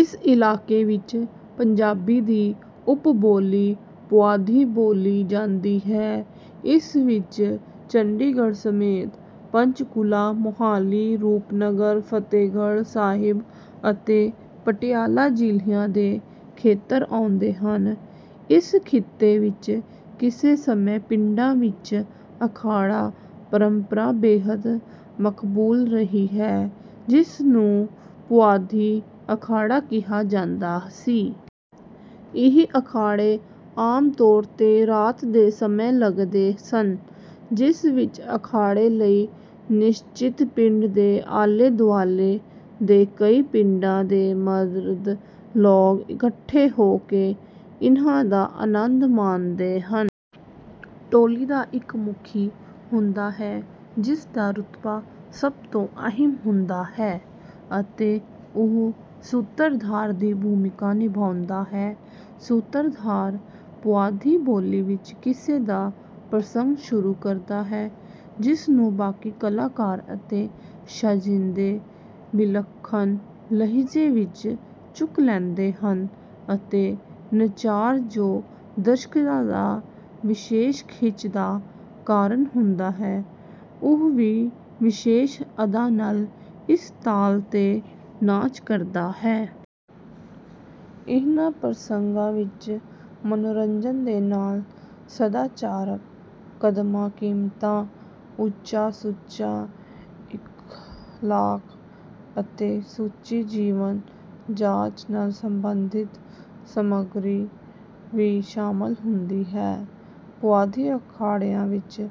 ਇਸ ਇਲਾਕੇ ਵਿੱਚ ਪੰਜਾਬੀ ਦੀ ਉੱਪ ਬੋਲੀ ਪੁਆਧੀ ਬੋਲੀ ਜਾਂਦੀ ਹੈ। ਇਸ ਵਿੱਚ ਚੰਡੀਗੜ੍ਹ ਸਮੇਤ ਪੰਚਕੁਲਾ, ਮੋਹਾਲੀ, ਰੂਪਨਗਰ, ਫਤਿਹਗੜ੍ਹ ਸਾਹਿਬ ਅਤੇ ਪਟਿਆਲਾ ਜ਼ਿਲ੍ਹਿਆਂ ਦੇ ਖੇਤਰ ਆਉਂਦੇ ਹਨ। ਇਸ ਖਿੱਤੇ ਵਿੱਚ ਕਿਸੇ ਸਮੇਂ ਪਿੰਡਾਂ ਵਿੱਚ ਅਖਾੜਾ ਪਰੰਪਰਾ ਬੇਹੱਦ ਮਕਬੂਲ ਰਹੀ ਹੈ ਜਿਸਨੂੰ ਪੁਆਧੀ ਅਖਾੜਾ ਕਿਹਾ ਜਾਂਦਾ ਸੀ। ਇਹ ਅਖਾੜੇ ਆਮ ਤੌਰ ਤੇ ਰਾਤ ਦੇ ਸਮੇਂ ਲਗਦੇ ਸਨ ਜਿਸ ਵਿੱਚ ਅਖਾੜੇ ਲਈ ਨਿਸ਼ਚਿਤ ਪਿੰਡ ਦੇ ਆਲੇ ਦੁਆਲੇ ਦੇ ਕਈ ਪਿੰਡਾਂ ਦੇ ਮਰਦ ਲੋਕ ਇਕੱਠੇ ਹੋ ਕੇ ਇਹਨਾਂ ਦਾ ਆਨੰਦ ਮਾਣਦੇ ਹਨ। ਟੋਲੀ ਦਾ ਇੱਕ ਮੁਖੀ ਹੁੰਦਾ ਹੈ ਜਿਸ ਦਾ ਰੁਤਬਾ ਸਭ ਤੋਂ ਅਹਿਮ ਹੁੰਦਾ ਹੈ ਅਤੇ ਉਹ ਸੂਤਰਧਾਰ ਦੀ ਭੂਮਿਕਾ ਨਿਭਾਉਂਦਾ ਹੈ। ਸੂਤਰਧਾਰ ਪੁਆਧੀ ਬੋਲੀ ਵਿੱਚ ਕਿਸੇ ਦਾ ਪ੍ਰਸੰਗ ਸ਼ੁਰੂ ਕਰਦਾ ਹੈ ਜਿਸਨੂੰ ਬਾਕੀ ਕਲਾਕਾਰ ਅਤੇ ਸਾਜ਼ਿੰਦੇ ਵਿਲੱਖਣ ਲਹਿਜੇ ਵਿੱਚ ਚੁੱਕ ਲੈਂਦੇ ਹਨ ਅਤੇ ਨਚਾਰ ਜੋ ਦਰਸ਼ਕਾਂ ਦੀ ਵਿਸ਼ੇਸ਼ ਖਿੱਚ ਦਾ ਕਾਰਨ ਹੁੰਦਾ ਹੈ ਉਹ ਵੀ ਵਿਸ਼ੇਸ਼ ਅਦਾ ਨਾਲ ਇਸ ਤਾਲ ਤੇ ਨਾਚ ਕਰਦਾ ਹੈ। ਇਹਨਾਂ ਪ੍ਰਸੰਗਾਂ ਵਿੱਚ ਮਨੋਰੰਜਨ ਦੇ ਨਾਲ ਸਦਾਚਾਰਕ ਕਦਰਾਂ ਕੀਮਤਾਂ ਉੱਚਾ ਸੁੱਚਾ ਇਖਲਾਕ ਅਤੇ ਸੁੱਚੀ ਜੀਵਨ ਜਾਚ ਨਾਲ ਸੰਬੰਧਿਤ ਸਮੱਗਰੀ ਵੀ ਸ਼ਾਮਲ ਹੁੰਦੀ ਹੈ। ਪੁਆਧੀ ਅਖਾੜਿਆਂ ਵਿੱਚ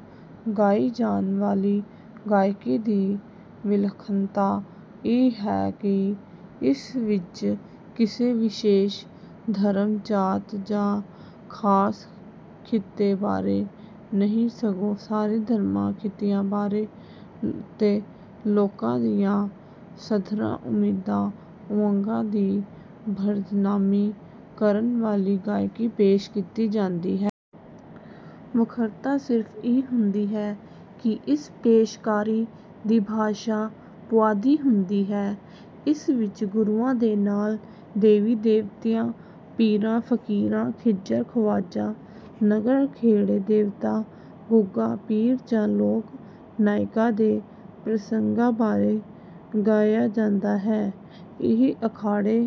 ਗਾਈ ਜਾਣ ਵਾਲੀ ਗਾਇਕੀ ਦੀ ਵਿਲੱਖਣਤਾ ਇਹ ਹੈ ਕਿ ਇਸ ਵਿੱਚ ਕਿਸੇ ਵਿਸ਼ੇਸ਼ ਧਰਮ ਜਾਤ ਜਾਂ ਖਾਸ ਖਿੱਤੇ ਬਾਰੇ ਨਹੀਂ ਸਗੋਂ ਸਾਰੇ ਧਰਮਾਂ ਖਿੱਤਿਆਂ ਬਾਰੇ ਅਤੇ ਲੋਕਾਂ ਦੀਆਂ ਸੱਧਰਾਂ ਉਮੀਦਾਂ ਉਮੰਗਾਂ ਦੀ ਤਰਜਮਾਨੀ ਕਰਨ ਵਾਲੀ ਗਾਇਕੀ ਪੇਸ਼ ਕੀਤੀ ਜਾਂਦੀ ਹੈ। ਵੱਖਰਤਾ ਸਿਰਫ ਇਹ ਹੁੰਦੀ ਹੈ ਕਿ ਇਸ ਪੇਸ਼ਕਾਰੀ ਦੀ ਭਾਸ਼ਾ ਪੁਆਧੀ ਹੁੰਦੀ ਹੈ। ਇਸ ਵਿੱਚ ਗੁਰੂਆਂ ਦੇ ਨਾਲ ਦੇਵੀ-ਦੇਵਤਿਆਂ, ਪੀਰਾਂ-ਫਕੀਰਾਂ, ਖਿਜ਼ਰ-ਖਵਾਜਾ, ਨਗਰ-ਖੇੜੇ, ਦੇਵਤਾ ਗੁੱਗਾ-ਪੀਰ ਜਾਂ ਲੋਕ ਨਾਇਕਾਂ ਦੇ ਪ੍ਰਸੰਗਾਂ ਬਾਰੇ ਗਾਇਆ ਜਾਂਦਾ ਹੈ। ਇਹ ਅਖਾੜੇ